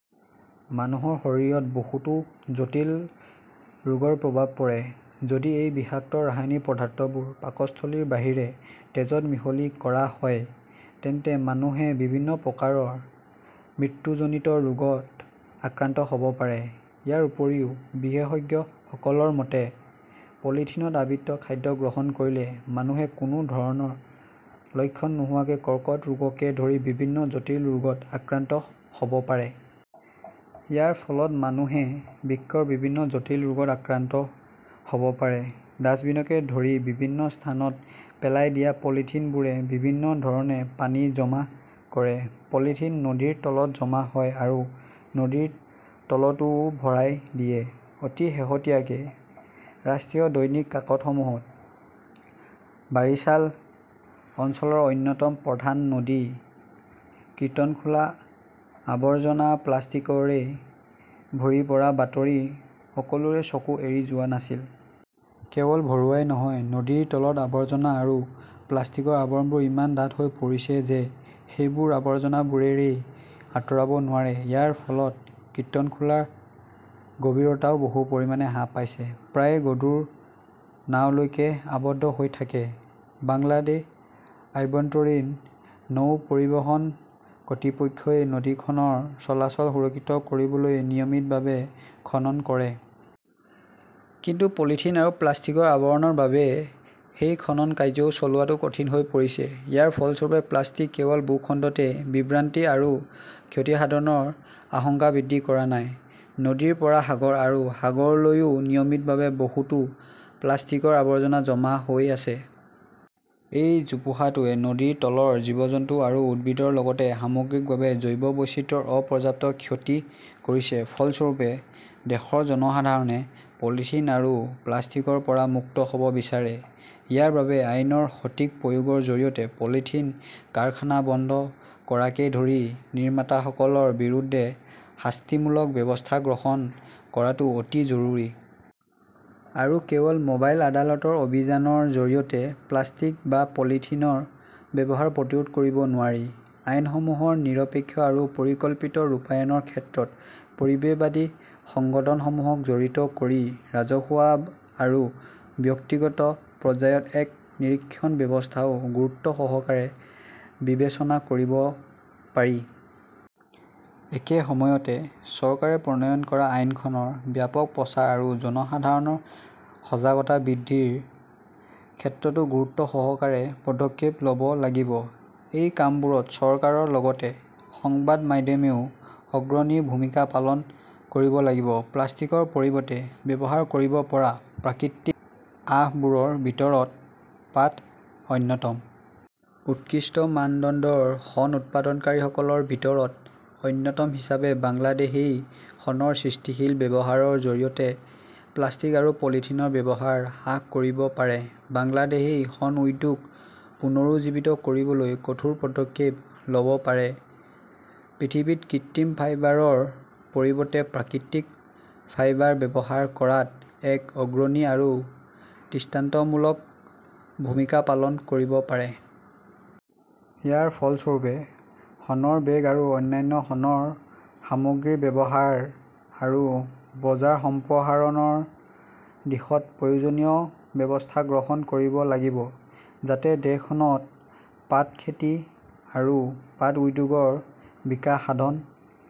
মানুহৰ শৰীৰত বহুতো জটিল ৰোগৰ প্ৰভাৱ পৰে। যদি এই বিষাক্ত ৰাসায়নিক পদাৰ্থবোৰ পাকস্থলীৰ বাহিৰে তেজত মিহলি কৰা হয়, তেন্তে মানুহে বিভিন্ন প্ৰকাৰৰ মৃত্যুজনিত ৰোগত আক্ৰান্ত হ 'ব পাৰে। ইয়াৰ উপৰিও বিশেষজ্ঞসকলৰ মতে, পলিথিনত আবৃত খাদ্য গ্ৰহণ কৰিলে মানুহে কোনো ধৰণৰ লক্ষণ নোহোৱাকৈ কৰ্কট ৰোগকে ধৰি বিভিন্ন জটিল ৰোগত আক্ৰান্ত হ’ব পাৰে। ইয়াৰ ফলত মানুহে বৃক্কৰ বিভিন্ন জটিল ৰোগত আক্ৰান্ত হ’ব পাৰে। ডাস্টবিনকে ধৰি বিভিন্ন স্থানত পেলাই দিয়া পলিথিনবোৰে বিভিন্ন ধৰণে পানী জমা কৰে। পলিথিন নদীৰ তলত জমা হয় আৰু নদীৰ তলটোও ভৰাই দিয়ে। অতি শেহতীয়াকৈ ৰাষ্ট্ৰীয় দৈনিক কাকতসমূহত বাৰিছাল অঞ্চলৰ অন্যতম প্ৰধান নদী কিৰ্তনখোলা আৱৰ্জনা-প্লাষ্টিকৰে ভৰি পৰাৰ বাতৰি সকলোৰে চকু এৰি যোৱা নাছিল। কেৱল ভৰোৱাই নহয়, নদীৰ তলৰ আৱৰ্জনা আৰু প্লাষ্টিকৰ আৱৰণবোৰ ইমান ডাঠ হৈ পৰিছে যে সেইবোৰ আৱৰ্জনাবোৰেৰে আঁতৰাব নোৱাৰে। ইয়াৰ ফলত কীৰ্তনখোলাৰ গভীৰতাও বহু পৰিমাণে হ্ৰাস পাইছে। প্ৰায়ে গধুৰ নাওলৈকে আবদ্ধ হৈ থাকে। বাংলাদেশ আভ্যন্তৰীণ নৌ পৰিবহণ কৰ্তৃপক্ষই নদীখনৰ চলাচল সুৰক্ষিত কৰিবলৈ নিয়মিতভাৱে খনন কৰে। কিন্তু পলিথিন আৰু প্লাষ্টিকৰ আৱৰণৰ বাবে সেই খনন কাৰ্য্যও চলোৱাটো কঠিন হৈ পৰিছে। ইয়াৰ ফলস্বৰূপে প্লাষ্টিক কেৱল ভূখণ্ডতে বিভ্ৰান্তি আৰু ক্ষতিসাধনৰ আশংকা বৃদ্ধি কৰা নাই। নদীৰ পৰা সাগৰ আৰু সাগৰলৈও নিয়মিতভাৱে বহুতো প্লাষ্টিকৰ আৱৰ্জনা জমা হৈ আছে। এই জোপোহাটোৱে নদীৰ তলৰ জীৱ-জন্তু আৰু উদ্ভিদৰ লগতে সামগ্ৰিকভাৱে জৈৱ বৈচিত্ৰ্যৰ অপৰ্যাপ্ত ক্ষতি কৰিছে। ফলস্বৰূপে, দেশৰ জনসাধাৰণে পলিথিন আৰু প্লাষ্টিকৰ পৰা মুক্ত হ’ব বিচাৰে। ইয়াৰ বাবে আইনৰ সঠিক প্ৰয়োগৰ জৰিয়তে পলিথিন কাৰখানা বন্ধ কৰাকে ধৰি নিৰ্মাতাসকলৰ বিৰুদ্ধে শাস্তিমূলক ব্যৱস্থা গ্ৰহণ কৰাটো অতি জৰুৰী। আৰু কেৱল মোবাইল আদালতৰ অভিযানৰ জৰিয়তে প্লাষ্টিক বা পলিথিনৰ ব্যৱহাৰ প্ৰতিৰোধ কৰিব নোৱাৰি। আইনসমূহৰ নিৰপেক্ষ আৰু পৰিকল্পিত ৰূপায়ণৰ ক্ষেত্ৰত পৰিৱেশবাদী সংগঠনসমূহক জড়িত কৰি ৰাজহুৱা আৰু ব্যক্তিগত পৰ্যায়ত এক নিৰীক্ষণ ব্যৱস্থাও গুৰুত্বসহকাৰে বিবেচনা কৰিব পাৰি। একে সময়তে, চৰকাৰে প্ৰণয়ন কৰা আইনখনৰ ব্যাপক প্ৰচাৰ আৰু জনসাধাৰণৰ সজাগতা বৃদ্ধিৰ ক্ষেত্ৰতো গুৰুত্বসহকাৰে পদক্ষেপ ল’ব লাগিব। এই কামবোৰত চৰকাৰৰ লগতে সংবাদ মাধ্যমেও অগ্ৰণী ভূমিকা পালন কৰিব লাগিব। প্লাষ্টিকৰ পৰিৱৰ্তে ব্যৱহাৰ কৰিব পৰা প্ৰাকৃতিক আঁহবোৰৰ ভিতৰত পাট অন্যতম। উৎকৃষ্ট মানদণ্ডৰ শণ উৎপাদনকাৰীসকলৰ ভিতৰত অন্যতম হিচাপে বাংলাদেশই শণৰ সৃষ্টিশীল ব্যৱহাৰৰ জৰিয়তে প্লাষ্টিক আৰু পলিথিনৰ ব্যৱহাৰ হ্ৰাস কৰিব পাৰে। বাংলাদেশই শণ উদ্যোগ পুনৰুজ্জীৱিত কৰিবলৈ কঠোৰ পদক্ষেপ ল’ব পাৰে। পৃথিৱীত কৃত্ৰিম ফাইবাৰৰ পৰিৱৰ্তে প্ৰাকৃতিক ফাইবাৰ ব্যৱহাৰ কৰাত এক অগ্ৰণী আৰু দৃষ্টান্তমূলক ভূমিকা পালন কৰিব পাৰে। ইয়াৰ ফলস্বৰূপে, শণৰ বেগ আৰু অন্যান্য শণৰ সামগ্ৰীৰ ব্যৱহাৰ আৰু বজাৰ সম্প্ৰসাৰণৰ দিশত প্ৰয়োজনীয় ব্যৱস্থা গ্ৰহণ কৰিব লাগিব। যাতে দেশখনৰ পাট খেতি আৰু পাট উদ্যোগৰ বিকাশ সাধন